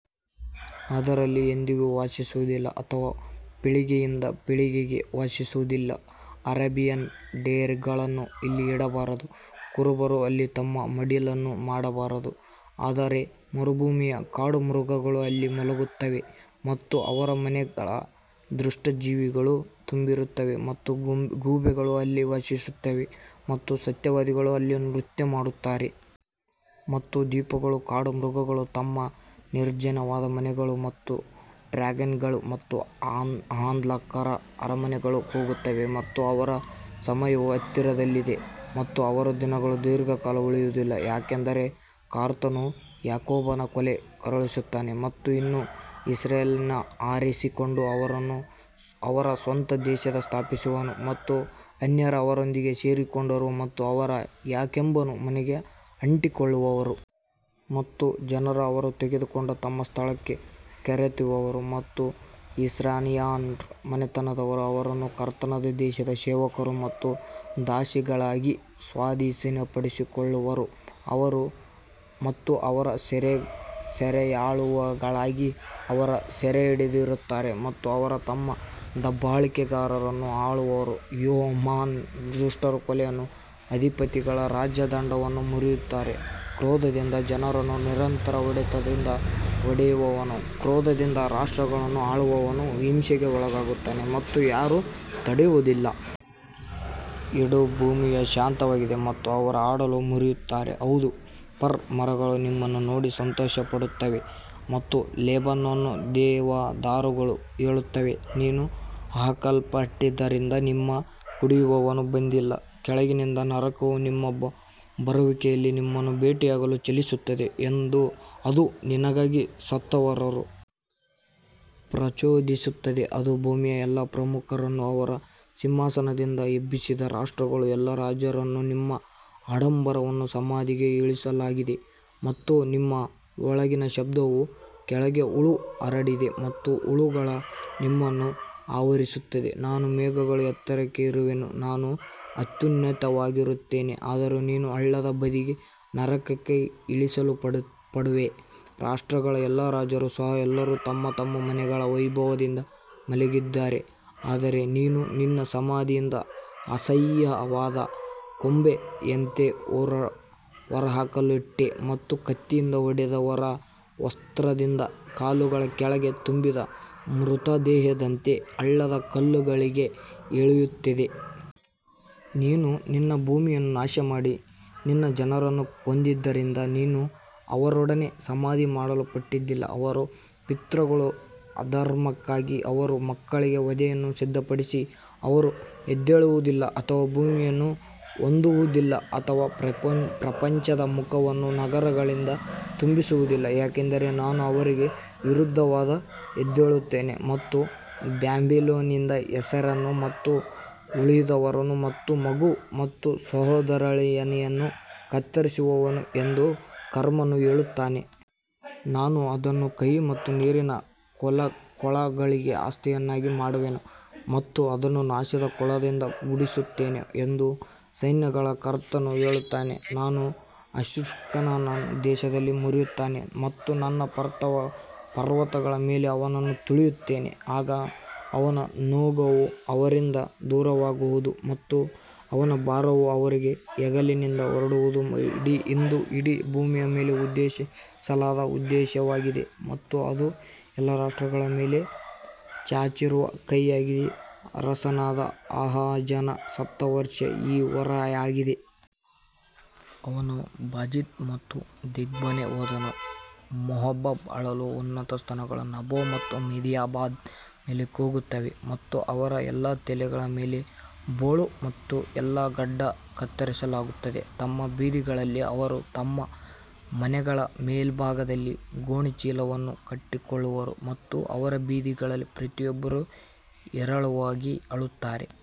ಅದರಲ್ಲಿ ಎಂದಿಗೂ ವಾಸವಾಗುವುದಿಲ್ಲ ಅಥವಾ ಪೀಳಿಗೆಯಿಂದ ಪೀಳಿಗೆಗೆ ವಾಸಿಸುವದಿಲ್ಲ, ಅರೇಬಿಯನ್ ಡೇರೆಗಳನ್ನು ಅಲ್ಲಿ ಇಡಬಾರದು, ಕುರುಬರು ಅಲ್ಲಿ ತಮ್ಮ ಮಡಿಲನ್ನು ಮಾಡಬಾರದು. ಆದರೆ ಮರುಭೂಮಿಯ ಕಾಡು ಮೃಗಗಳು ಅಲ್ಲಿ ಮಲಗುತ್ತವೆ ಮತ್ತು ಅವರ ಮನೆಗಳು ದುಷ್ಟ ಜೀವಿಗಳಿಂದ ತುಂಬಿರುತ್ತವೆ ಮತ್ತು ಗೂಬೆಗಳು ಅಲ್ಲಿ ವಾಸಿಸುತ್ತವೆ ಮತ್ತು ಸತ್ಯವಾದಿಗಳು ಅಲ್ಲಿ ನೃತ್ಯ ಮಾಡುತ್ತಾರೆ. ಮತ್ತು ದ್ವೀಪಗಳ ಕಾಡು ಮೃಗಗಳು ತಮ್ಮ ನಿರ್ಜನವಾದ ಮನೆಗಳಲ್ಲಿ ಮತ್ತು ಡ್ರ್ಯಾಗನ್ಗಳು ತಮ್ಮ ಆಹ್ಲಾದಕರ ಅರಮನೆಗಳಲ್ಲಿ ಕೂಗುತ್ತವೆ ಮತ್ತು ಅದರ ಸಮಯವು ಹತ್ತಿರದಲ್ಲಿದೆ ಮತ್ತು ಅವಳ ದಿನಗಳು ದೀರ್ಘಕಾಲ ಉಳಿಯುವುದಿಲ್ಲ. ಯಾಕಂದರೆ ಕರ್ತನು ಯಾಕೋಬನ ಮೇಲೆ ಕರುಣಿಸುತ್ತಾನೆ ಮತ್ತು ಇನ್ನೂ ಇಸ್ರಾಯೇಲನ್ನು ಆರಿಸಿಕೊಂಡು ಅವರನ್ನು ಅವರ ಸ್ವಂತ ದೇಶದಲ್ಲಿ ಸ್ಥಾಪಿಸುವನು ಮತ್ತು ಅನ್ಯರು ಅವರೊಂದಿಗೆ ಸೇರಿಕೊಂಡರು ಮತ್ತು ಅವರು ಯಾಕೋಬನ ಮನೆಗೆ ಅಂಟಿಕೊಳ್ಳುವರು. ಮತ್ತು ಜನರು ಅವರನ್ನು ತೆಗೆದುಕೊಂಡು ತಮ್ಮ ಸ್ಥಳಕ್ಕೆ ಕರೆತರುವರು ಮತ್ತು ಇಸ್ರಾಯೇಲ್ಯರ ಮನೆತನದವರು ಅವರನ್ನು ಕರ್ತನ ದೇಶದಲ್ಲಿ ಸೇವಕರು ಮತ್ತು ದಾಸಿಗಳಿಗಾಗಿ ಸ್ವಾಧೀನಪಡಿಸಿಕೊಳ್ಳುವರು ಮತ್ತು ಅವರು ಸೆರೆಯಾಳುಗಳಾಗಿ ಅವರನ್ನು ಸೆರೆಹಿಡಿಯುತ್ತಾರೆ ಮತ್ತು ಅವರು ತಮ್ಮ ದಬ್ಬಾಳಿಕೆಗಾರರನ್ನು ಆಳುವರು. ಯೆಹೋವನು ದುಷ್ಟರ ಕೋಲನ್ನೂ ಅಧಿಪತಿಗಳ ರಾಜದಂಡವನ್ನೂ ಮುರಿದಿದ್ದಾನೆ ಕ್ರೋಧದಿಂದ ಜನರನ್ನು ನಿರಂತರ ಹೊಡೆತದಿಂದ ಹೊಡೆದವನು ಕ್ರೋಧದಿಂದ ರಾಷ್ಟ್ರಗಳನ್ನು ಆಳುವವನು ಹಿಂಸೆಗೆ ಒಳಗಾಗುತ್ತಾನೆ ಮತ್ತು ಯಾರೂ ತಡೆಯುವುದಿಲ್ಲ. ಇಡೀ ಭೂಮಿಯು ಶಾಂತವಾಗಿದೆ ಮತ್ತು ಅವರು ಹಾಡಲು ಮುರಿಯುತ್ತಾರೆ ಹೌದು, ಫರ್ ಮರಗಳು ನಿನ್ನನ್ನು ನೋಡಿ ಸಂತೋಷಪಡುತ್ತವೆ ಮತ್ತು ಲೆಬನೋನ್ನ ದೇವದಾರುಗಳು ಹೇಳುತ್ತವೆ, ನೀನು ಹಾಕಲ್ಪಟ್ಟಿದ್ದರಿಂದ ನಮ್ಮ ಮೇಲೆ ಕಡಿಯುವವನು ಬಂದಿಲ್ಲ ಕೆಳಗಿನಿಂದ ನರಕವು ನಿನ್ನ ಬರುವಿಕೆಯಲ್ಲಿ ನಿನ್ನನ್ನು ಭೇಟಿಯಾಗಲು ಚಲಿಸುತ್ತದೆ, ಅದು ನಿನಗಾಗಿ ಸತ್ತವರನ್ನು ಪ್ರಚೋದಿಸುತ್ತದೆ, ಅದು ಭೂಮಿಯ ಎಲ್ಲಾ ಪ್ರಮುಖರನ್ನು ಅವರ ಸಿಂಹಾಸನದಿಂದ ಎಬ್ಬಿಸಿದ ರಾಷ್ಟ್ರಗಳ ಎಲ್ಲಾ ರಾಜರನ್ನು ನಿನ್ನ ಆಡಂಬರವನ್ನು ಸಮಾಧಿಗೆ ಇಳಿಸಲಾಗಿದೆ ಮತ್ತು ನಿನ್ನ ವಯೋಲ್ಗಳ ಶಬ್ದವು ನಿಮ್ಮ ಕೆಳಗೆ ಹುಳು ಹರಡಿದೆ ಮತ್ತು ಹುಳುಗಳು ನಿನ್ನನ್ನು ಆವರಿಸುತ್ತವೆ ನಾನು ಮೇಘಗಳ ಎತ್ತರಕ್ಕೆ ಏರುವೆನು, ನಾನು ಅತ್ಯುನ್ನತನಾಗಿರುತ್ತೇನೆ ಆದರೂ ನೀನು ಹಳ್ಳದ ಬದಿಗೆ ನರಕಕ್ಕೆ ಇಳಿಸಲ್ಪಡುವೆ ರಾಷ್ಟ್ರಗಳ ಎಲ್ಲಾ ರಾಜರು ಸಹ ಎಲ್ಲರೂ ತಮ್ಮ ತಮ್ಮ ಮನೆಯಲ್ಲಿ ವೈಭವದಿಂದ ಮಲಗಿದ್ದಾರೆ ಆದರೆ ನೀನು ನಿನ್ನ ಸಮಾಧಿಯಿಂದ ಅಸಹ್ಯವಾದ ಕೊಂಬೆಯಂತೆ ಹೊರಹಾಕಲ್ಪಟ್ಟೆ ಮತ್ತು ಕತ್ತಿಯಿಂದ ಹೊಡೆದವರ ವಸ್ತ್ರದಂತೆ ಕಾಲುಗಳ ಕೆಳಗೆ ತುಳಿದ ಮೃತದೇಹದಂತೆ ಹಳ್ಳದ ಕಲ್ಲುಗಳಿಗೆ ಇಳಿಯುತ್ತದೆ. ನೀನು ನಿನ್ನ ಭೂಮಿಯನ್ನು ನಾಶಮಾಡಿ ನಿನ್ನ ಜನರನ್ನು ಕೊಂದಿದ್ದರಿಂದ ನೀನು ಅವರೊಡನೆ ಸಮಾಧಿ ಮಾಡಲ್ಪಡುವದಿಲ್ಲ ಅವರ ಪಿತೃಗಳ ಅಧರ್ಮಕ್ಕಾಗಿ ಅವರ ಮಕ್ಕಳಿಗಾಗಿ ವಧೆಯನ್ನು ಸಿದ್ಧಪಡಿಸಿ, ಅವರು ಎದ್ದೇಳುವುದಿಲ್ಲ ಅಥವಾ ಭೂಮಿಯನ್ನು ಹೊಂದುವುದಿಲ್ಲ ಅಥವಾ ಪ್ರಪಂಚದ ಮುಖವನ್ನು ನಗರಗಳಿಂದ ತುಂಬಿಸುವುದಿಲ್ಲ. ಯಾಕಂದರೆ ನಾನು ಅವರಿಗೆ ವಿರುದ್ಧವಾಗಿ ಎದ್ದೇಳುತ್ತೇನೆ ಮತ್ತು ಬ್ಯಾಬಿಲೋನ್ನಿಂದ ಹೆಸರನ್ನು ಮತ್ತು ಉಳಿದವರನ್ನು ಮತ್ತು ಮಗ ಮತ್ತು ಸೋದರಳಿಯನನ್ನು ಕತ್ತರಿಸುವೆನು ಎಂದು ಕರ್ತನು ಹೇಳುತ್ತಾನೆ. ನಾನು ಅದನ್ನು ಕಹಿ ಮತ್ತು ನೀರಿನ ಕೊಳಗಳಿಗೆ ಆಸ್ತಿಯನ್ನಾಗಿ ಮಾಡುವೆನು ಮತ್ತು ಅದನ್ನು ನಾಶದ ಕೊಳದಿಂದ ಗುಡಿಸುತ್ತೇನೆ ಎಂದು ಸೈನ್ಯಗಳ ಕರ್ತನು ಹೇಳುತ್ತಾನೆ ನಾನು ಅಶ್ಶೂರನನ್ನು ನನ್ನ ದೇಶದಲ್ಲಿ ಮುರಿಯುತ್ತೇನೆ ಮತ್ತು ನನ್ನ ಪರ್ವತಗಳ ಮೇಲೆ ಅವನನ್ನು ತುಳಿಯುತ್ತೇನೆ, ಆಗ ಅವನ ನೊಗವು ಅವರಿಂದ ದೂರವಾಗುವುದು ಮತ್ತು ಅವನ ಭಾರವು ಅವರ ಹೆಗಲಿಂದ ಹೊರಡುವುದು ಇದು ಇಡೀ ಭೂಮಿಯ ಮೇಲೆ ಉದ್ದೇಶಿಸಲಾದ ಉದ್ದೇಶವಾಗಿದೆ ಮತ್ತು ಇದು ಎಲ್ಲಾ ರಾಷ್ಟ್ರಗಳ ಮೇಲೆ ಚಾಚಿರುವ ಕೈಯಾಗಿದೆ ಅರಸನಾದ ಆಹಾಜನು ಸತ್ತ ವರ್ಷದಲ್ಲಿ ಈ ಹೊರೆಯಾಗಿತ್ತು. ಅವನು ಬಾಜಿತ್ ಮತ್ತು ದೀಬೋನ್ಗೆ ಹೋದನು, ಮೋವಾಬ್ ಅಳಲು ಉನ್ನತ ಸ್ಥಳಗಳು ನೆಬೋ ಮತ್ತು ಮೆದೆಬಾದ ಮೇಲೆ ಕೂಗುತ್ತವೆ ಮತ್ತು ಅವರ ಎಲ್ಲಾ ತಲೆಯ ಮೇಲೆ ಬೋಳು ಮತ್ತು ಎಲ್ಲಾ ಗಡ್ಡವನ್ನು ಕತ್ತರಿಸಲಾಗುತ್ತದೆ. ತಮ್ಮ ಬೀದಿಗಳಲ್ಲಿ ಅವರು ತಮ್ಮ ಮನೆಗಳ ಮೇಲ್ಭಾಗದಲ್ಲಿ ಗೋಣಿಚೀಲವನ್ನು ಕಟ್ಟಿಕೊಳ್ಳುವರು ಮತ್ತು ಅವರ ಬೀದಿಗಳಲ್ಲಿ ಪ್ರತಿಯೊಬ್ಬರೂ ಹೇರಳವಾಗಿ ಅಳುತ್ತಾರೆ.